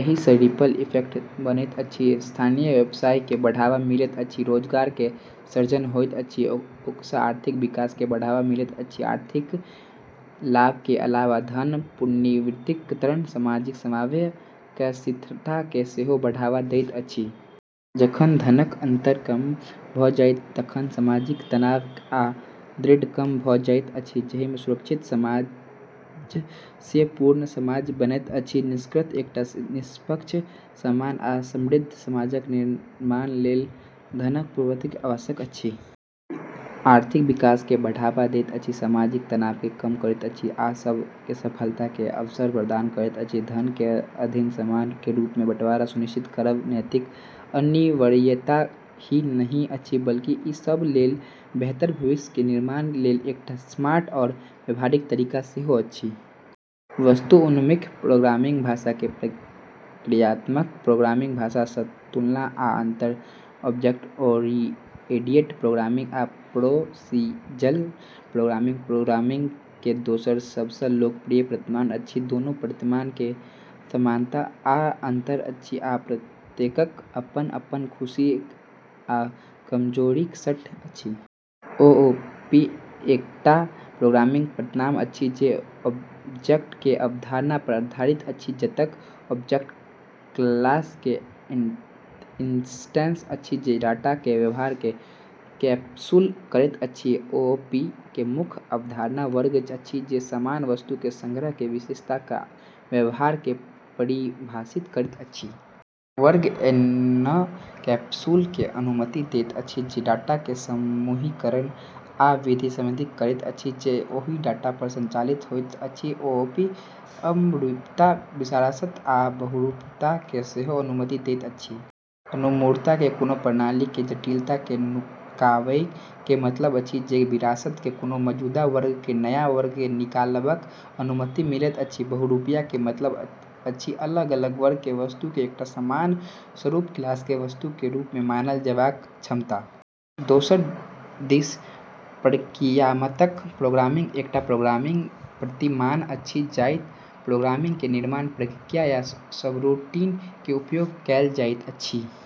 एहि सं ripple effect बनैत अछि, स्थानीय व्यवसाय के बढ़ावा मिलैत अछि, रोजगार के सृजन होइत अछि, आओर आर्थिक विकास के बढ़ावा मिलैत अछि। आर्थिक लाभ के अलावे धन के पुनर्वितरण सामाजिक समन्वय आ स्थिरता केँ सेहो बढ़ावा दैत अछि। जखन धनक अंतर कम भ' जाइत अछि तखन सामाजिक तनाव आ द्वंद्व कम भ' जाइत अछि, जाहि सँ सुरक्षित आ सामंजस्यपूर्ण समाज बनैत अछि। निष्कर्षतः एकटा निष्पक्ष, समान, आ समृद्ध समाजक निर्माण लेल धनक पुनर्वितरण आवश्यक अछि। ई आर्थिक विकास केँ बढ़ावा दैत अछि, सामाजिक तनाव केँ कम करैत अछि, आ सब केँ सफलता के अवसर प्रदान करैत अछि। धन के अधिक समान रूप सँ बंटवारा सुनिश्चित करब नैतिक अनिवार्यता ही नहि अछि, बल्कि ई सब लेल बेहतर भविष्य के निर्माण लेल एकटा स्मार्ट आ व्यावहारिक तरीका सेहो अछि। वस्तु-उन्मुख प्रोग्रामिंग भाषा के प्रक्रियात्मक प्रोग्रामिंग भाषा सँ तुलना आ अंतर। ऑब्जेक्ट-ओरिएंटेड प्रोग्रामिंग आ प्रोसीजरल प्रोग्रामिंग प्रोग्रामिंग के दू सबसँ लोकप्रिय प्रतिमान अछि। दुनू प्रतिमान मे समानता आ अंतर अछि, आ प्रत्येकक अपन-अपन खूबी आ कमजोरीक सेट अछि। ओओपी एकटा प्रोग्रामिंग प्रतिमान अछि जे ऑब्जेक्ट के अवधारणा पर आधारित अछि, जतय ऑब्जेक्ट क्लास के इंस्टेंस अछि जे डाटा आ व्यवहार केँ कैप्सूल करैत अछि। ओओपी मे मुख्य अवधारणा वर्ग अछि, जे समान वस्तु के संग्रह के विशेषता आ व्यवहार केँ परिभाषित करैत अछि। वर्ग एनकैप्सुलेशन के अनुमति दैत अछि, जे डाटा के समूहीकरण आ विधि केँ संदर्भित करैत अछि जे ओहि डाटा पर संचालित होइत अछि। ओओपी अमूर्तता, विरासत, आ बहुरूपता केँ सेहो अनुमति दैत अछि। अमूर्तता कोनो प्रणाली के जटिलता केँ नुकाएब के मतलब अछि, जबकि विरासत के कारण मौजूदा वर्ग सँ नया वर्ग निकालबाक अनुमति मिलैत अछि। बहुरूपता के मतलब अछि अलग-अलग वर्ग के वस्तु के एकटा सामान्य सुपरक्लास के वस्तु के रूप मे मानल जाएबाक क्षमता। दोसर दिस प्रक्रियात्मक प्रोग्रामिंग एकटा प्रोग्रामिंग प्रतिमान अछि जतय प्रोग्राम के निर्माण प्रक्रिया, या सबरूटीन के उपयोग सँ कएल जाइत अछि।